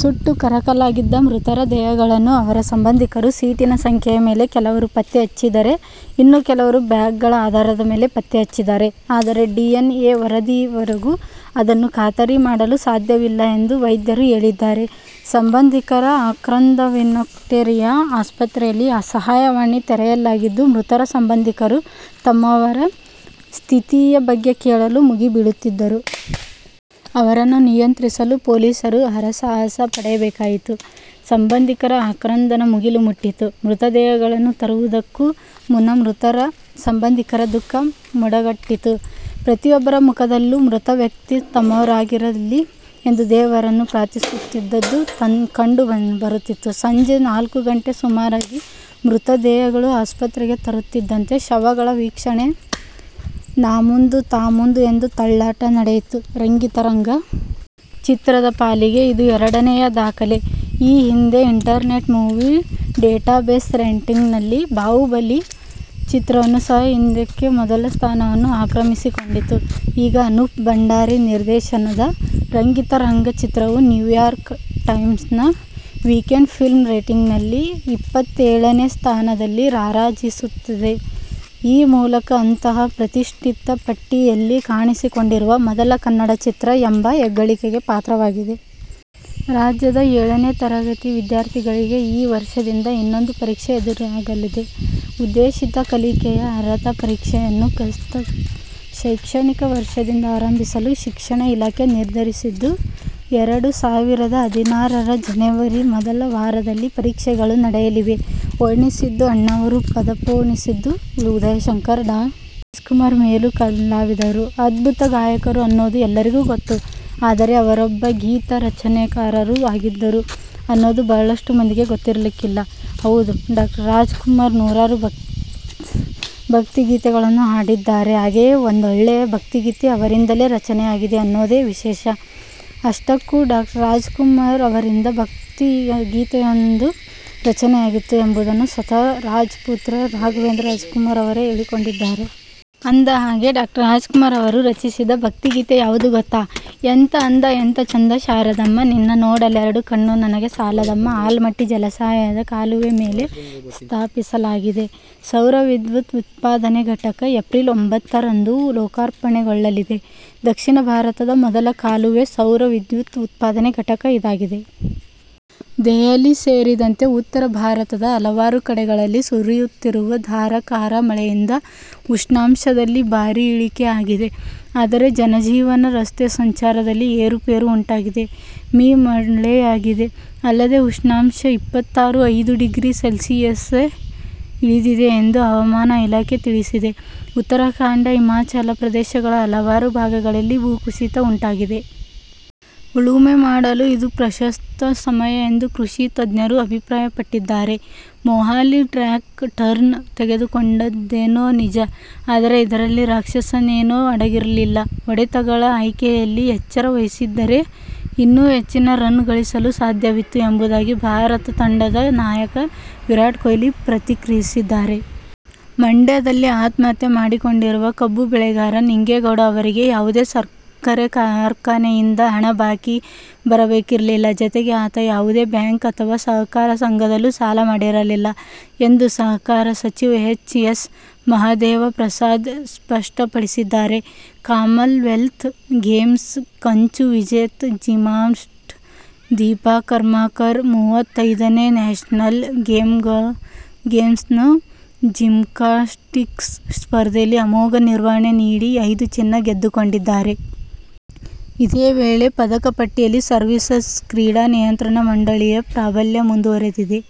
ಸುಟ್ಟು ಕರಕಲಾಗಿದ್ದ ಮೃತರ ದೇಹಗಳನ್ನು ಅವರ ಸಂಬಂಧಿಕರು ಸೀಟಿನ ಸಂಖ್ಯೆಯ ಮೇಲೆ ಕೆಲವರು ಪತ್ತೆ ಹಚ್ಚಿದರೆ, ಇನ್ನು ಕೆಲವರು ಬ್ಯಾಗ್ಗಳ ಆಧಾರದ ಮೇಲೆ ಪತ್ತೆಹಚ್ಚಿದ್ದಾರೆ. ಅದರೆ, ಡಿಎನ್ಎ ವರದಿವರೆಗೂ ಅದನ್ನು ಖಾತರಿ ಮಾಡಲು ಸಾಧ್ಯವಿಲ್ಲ ಎಂದು ವೈದ್ಯರು ಹೇಳಿದ್ದಾರೆ. ಸಂಬಂಧಿಕರ ಆಕ್ರಂದನವಿಕ್ಟೋರಿಯಾ ಆಸ್ಪತ್ರೆಯಲ್ಲಿ ಸಹಾಯವಾಣಿ ತೆರೆಯಲಾಗಿದ್ದು, ಮೃತರ ಸಂಬಂಧಿಕರು ತಮ್ಮವರ ಸ್ಥಿತಿಯ ಬಗ್ಗೆ ಕೇಳಲು ಮುಗಿ ಬೀಳುತ್ತಿದ್ದರು. ಅವರನ್ನು ನಿಯಂತ್ರಿಸಲು ಪೊಲೀಸರು ಹರಸಾಹಸ ಪಡಬೇಕಾಯಿತು. ಸಂಬಂಧಿಕರ ಆಕ್ರಂದನ ಮುಗಿಲು ಮುಟ್ಟಿತ್ತು. ಮೃತದೇಹಗಳನ್ನು ತರುವುದಕ್ಕೂ ಮುನ್ನ ಮೃತರ ಸಂಬಂಧಿಕರ ದುಃಖ ಮಡುಗಟ್ಟಿತ್ತು. ಪ್ರತಿಯೊಬ್ಬರ ಮುಖದಲ್ಲೂ ಮೃತ ವ್ಯಕ್ತಿ ತಮ್ಮವರಾಗದಿರಲಿ ಎಂದು ದೇವರನ್ನು ಪ್ರಾರ್ಥಿಸುತ್ತಿದ್ದದ್ದು ಕಂಡು ಬರುತ್ತಿತ್ತು. ಸಂಜೆ ನಾಲ್ಕು ಗಂಟೆ ಸುಮಾರಿಗೆ ಮೃತ ದೇಹಗಳು ಆಸ್ಪತ್ರೆಗೆ ತರುತ್ತಿದ್ದಂತೆ ಶವಗಳ ವೀಕ್ಷಣೆಗೆ ನಾಮುಂದು-ತಾಮುಂದೂ ಎಂದು ತಳ್ಳಾಟ ನಡೆಯಿತು. ರಂಗಿತರಂಗ ಚಿತ್ರದ ಪಾಲಿಗೆ ಇದು ಎರಡನೆಯ ದಾಖಲೆ. ಈ ಹಿಂದೆ ಇಂಟರ್ನೆಟ್ ಮೂವಿ ಡೇಟಾಬೇಸ್ ರೇಟಿಂಗ್ನಲ್ಲಿ "ಬಾಹುಬಲಿ' ಚಿತ್ರವನ್ನೂ ಸಹ ಹಿಂದಿಕ್ಕಿ ಮೊದಲ ಸ್ಥಾನವನ್ನು ಆಕ್ರಮಿಸಿಕೊಂಡಿತ್ತು. ಈಗ ಅನೂಪ್ ಭಂಡಾರಿ ನಿರ್ದೇನದ ರಂಗಿತರಂಗ ಚಿತ್ರವು ನ್ಯೂಯಾರ್ಕ್ ಟೈಮ್ಸ್ನ ವೀಕೆಂಡ್ ಫಿಲ್ಮ್ ರೇಟಿಂಗ್ನಲ್ಲಿ ಇಪ್ಪತ್ತೇಳನೇ ಸ್ಥಾನದಲ್ಲಿ ರಾರಾಜಿಸುತ್ತಿದೆ। ಈ ಮೂಲಕ ಅಂತಹ ಪ್ರತಿಷ್ಠಿತ ಪಟ್ಟಿಯಲ್ಲಿ ಕಾಣಿಸಿಕೊಂಡಿರುವ ಮೊದಲ ಕನ್ನಡ ಚಿತ್ರ ಎಂಬ ಹೆಗ್ಗಳಿಕೆಗೆ ಪಾತ್ರವಾಗಿದೆ. ರಾಜ್ಯದ ಏಳನೇ ತರಗತಿ ವಿದ್ಯಾರ್ಥಿಗಳಿಗೆ ಈ ವರ್ಷದಿಂದ ಇನ್ನೊಂದು ಪರೀಕ್ಷೆ ಎದುರಾಗಲಿದೆ. ಉದ್ದೇಶಿತ ಕಲಿಕೆಯ ಅರ್ಹತಾ ಪರೀಕ್ಷೆಯನ್ನು ಪ್ರಸಕ್ತ ಶೈಕ್ಷಣಿಕ ವರ್ಷದಿಂದ ಆರಂಭಿಸಲು ಶಿಕ್ಷಣ ಇಲಾಖೆ ನಿರ್ಧರಿಸಿದ್ದು, ಎರಡು ಸಾವಿರದ ಹದಿನಾರರ ಜನವರಿ ಮೊದಲ ವಾರದಲ್ಲಿ ಪರೀಕ್ಷೆಗಳು ನಡೆಯಲಿವೆ. ವರ್ಣಿಸಿದ್ದು ಅಣ್ಣಾವ್ರು ಪದಪೋಣಿಸಿದ್ದು ಉದಯಶಂಕರ್, ಡಾ. ರಾಜ್ಕುಮಾರ್ ಮೇರು ಕಲಾವಿದರು, ಅದ್ಭುತ ಗಾಯಕರು ಅನ್ನೋದು ಎಲ್ಲರಿಗೂ ಗೊತ್ತು. ಆದರೆ, ಅವರೊಬ್ಬ ಗೀತರಚನೆಕಾರರೂ ಆಗಿದ್ದರು ಅನ್ನೋದು ಬಹಳಷ್ಟು ಮಂದಿಗೆ ಗೊತ್ತಿರಲಿಕ್ಕಿಲ್ಲ! ಹೌದು, ಡಾ. ರಾಜ್ಕುಮಾರ್ ನೂರಾರು ಭಕ್ತಿಗೀತೆಗಳನ್ನು ಹಾಡಿದ್ದಾರೆ. ಹಾಗೆಯೇ ಒಂದೊಳ್ಳೆಯ ಭಕ್ತಿಗೀತೆ ಅವರಿಂದಲೇ ರಚನೆಯಾಗಿದೆ ಅನ್ನೋದೇ ವಿಶೇಷ. ಅಷ್ಟಕ್ಕೂ ಡಾ. ರಾಜ್ಕುಮಾರ್ ಅವರಿಂದ ಭಕ್ತಿಗೀತೆಯೊಂದು ರಚನೆಯಾಗಿತ್ತು ಎಂಬುದನ್ನು ಸ್ವತಃ ರಾಜ್ ಪುತ್ರ ರಾಘವೇಂದ್ರ ರಾಜ್ಕುಮಾರ್ ಅವರೇ ಹೇಳಿಕೊಂಡಿದ್ದಾರೆ. ಅಂದಹಾಗೆ, ಡಾ. ರಾಜ್ಕುಮಾರ್ ಅವರು ರಚಿಸಿದ ಭಕ್ತಿಗೀತೆ ಯಾವುದು ಗೊತ್ತಾ? ಎಂತ ಅಂದ ಎಂತ ಚೆಂದ ಶಾರದಮ್ಮ, ನಿನ್ನ ನೋಡಲೆರೆಡು ಕಣ್ಣು ನನಗೆ ಸಾಲದಮ್ಮಾ ಆಲಮಟ್ಟಿ ಜಲಾಶಯದ ಕಾಲುವೆ ಮೇಲೆ ಸ್ಥಾಪಿಸಲಾದ ಸೌರವಿದ್ಯುತ್ ಉತ್ಪಾದನೆ ಘಟಕ ಏಪ್ರಿಲ್ ಒಂಬ್ಬತ್ತು ರಂದು ಲೋಕಾರ್ಪಣೆಗೊಳ್ಳಲಿದೆ. ದಕ್ಷಿಣ ಭಾರತದ ಮೊದಲ ಕಾಲುವೆ ಸೌರವಿದ್ಯುತ್ ಉತ್ಪಾದನೆ ಘಟಕ ಇದಾಗಿದೆ. ದೆಹಲಿ ಸೇರಿದಂತೆ ಉತ್ತರ ಭಾರತದ ಹಲವಾರು ಕಡೆಗಳಲ್ಲಿ ಸುರಿಯುತ್ತಿರುವ ಧಾರಾಕಾರ ಮಳೆಯಿಂದ ಉಷ್ಣಾಂಶದಲ್ಲಿ ಭಾರಿ ಇಳಿಕೆ ಆಗಿದೆ. ಆದರೆ ಜನಜೀವನ, ರಸ್ತೆ ಸಂಚಾರದಲ್ಲಿ ಏರುಪೇರು ಉಂಟಾಗಿದೆ. ಮೀ. ಮಳೆಯಾಗಿದೆ. ಅಲ್ಲದೇ ಉಷ್ಣಾಂಶ ಇಪ್ಪತ್ತಾರು. ಐದು ಡಿಗ್ರಿ ಸೆಲ್ಸಿಯಸ್ಗೆ ಇಳಿದಿದೆ ಎಂದು ಹವಾಮಾನ ಇಲಾಖೆ ತಿಳಿಸಿದೆ. ಉತ್ತರಾಖಂಡ, ಹಿಮಾಚಲ ಪ್ರದೇಶಗಳ ಹಲವಾರು ಭಾಗಗಳಲ್ಲಿ ಭೂಕುಸಿತ ಉಂಟಾಗಿದೆ. ಉಳುಮೆ ಮಾಡಲು ಇದು ಪ್ರಶಸ್ತ ಸಮಯ ಎಂದು ಕೃಷಿ ತಜ್ಞರು ಅಭಿಪ್ರಾಯ ಪಟ್ಟಿದ್ದಾರೆ. ಮೊಹಾಲಿ ಟ್ರ್ಯಾಕ್ ಟರ್ನ್ ತೆಗೆದುಕೊಂಡದ್ದೇನೋ ನಿಜ, ಆದರೆ ಇದರಲ್ಲಿ ರಾಕ್ಷಸನೇನೂ ಅಡಗಿರಲಿಲ್ಲ. ಹೊಡೆತಗಳ ಆಯ್ಕೆಯಲ್ಲಿ ಎಚ್ಚರ ವಹಿಸಿದ್ದರೆ ಇನ್ನೂ ಹೆಚ್ಚಿನ ರನ್ ಗಳಿಸಲು ಸಾಧ್ಯವಿತ್ತು ಎಂಬುದಾಗಿ ಭಾರತ ತಂಡದ ನಾಯಕ ವಿರಾಟ್ ಕೊಹ್ಲಿ ಪ್ರತಿಕ್ರಿಯಿಸಿದ್ದಾರೆ. ಮಂಡ್ಯದಲ್ಲಿ ಆತ್ಮಹತ್ಯೆ ಮಾಡಿಕೊಂಡಿರುವ ಕಬ್ಬು ಬೆಳೆಗಾರ ನಿಂಗೇಗೌಡ ಅವರಿಗೆ ಯಾವುದೇ ಸಕ್ಕರೆ ಕಾರ್ಖಾನೆಯಿಂದ ಹಣ ಬಾಕಿ ಬರಬೇಕಿರಲಿಲ್ಲ. ಜತೆಗೆ ಆತ ಯಾವುದೇ ಬ್ಯಾಂಕ್ ಅಥವಾ ಸಹಕಾರ ಸಂಘದಲ್ಲೂ ಸಾಲ ಮಾಡಿರಲಿಲ್ಲ ಎಂದು ಸಹಕಾರ ಸಚಿವ ಎಚ್. ಎಸ್. ಮಹದೇವಪ್ರಸಾದ್ ಸ್ಪಷ್ಟಪಡಿಸಿದ್ದಾರೆ. ಕಾಮನ್ವೆಲ್ತ್ ಗೇಮ್ಸ್ ಕಂಚು ವಿಜೇತೆ ಜಿಮ್ನಾಸ್ಟ್ ದೀಪಾ ಕರ್ಮಾಕರ್ ಮೂವತೈದನೇ ನ್ಯಾಶನಲ್ ಗೇಮ್ಸ್ನ ಜಿಮ್ನಾಸ್ಟಿಕ್ಸ್ ಸ್ಪರ್ಧೆಯಲ್ಲಿ ಅಮೋಘ ನಿರ್ವಹಣೆ ನೀಡಿ ಐದು ಚಿನ್ನ ಗೆದ್ದುಕೊಂಡಿದ್ದಾರೆ. ಇದೇ ವೇಳೆ ಪದಕ ಪಟ್ಟಿಯಲ್ಲಿ ಸರ್ವೀಸಸ್ ಕ್ರೀಡಾ ನಿಯಂತ್ರಣ ಮಂಡಳಿ ಯ ಪ್ರಾಬಲ್ಯ ಮುಂದುವರಿದಿದೆ.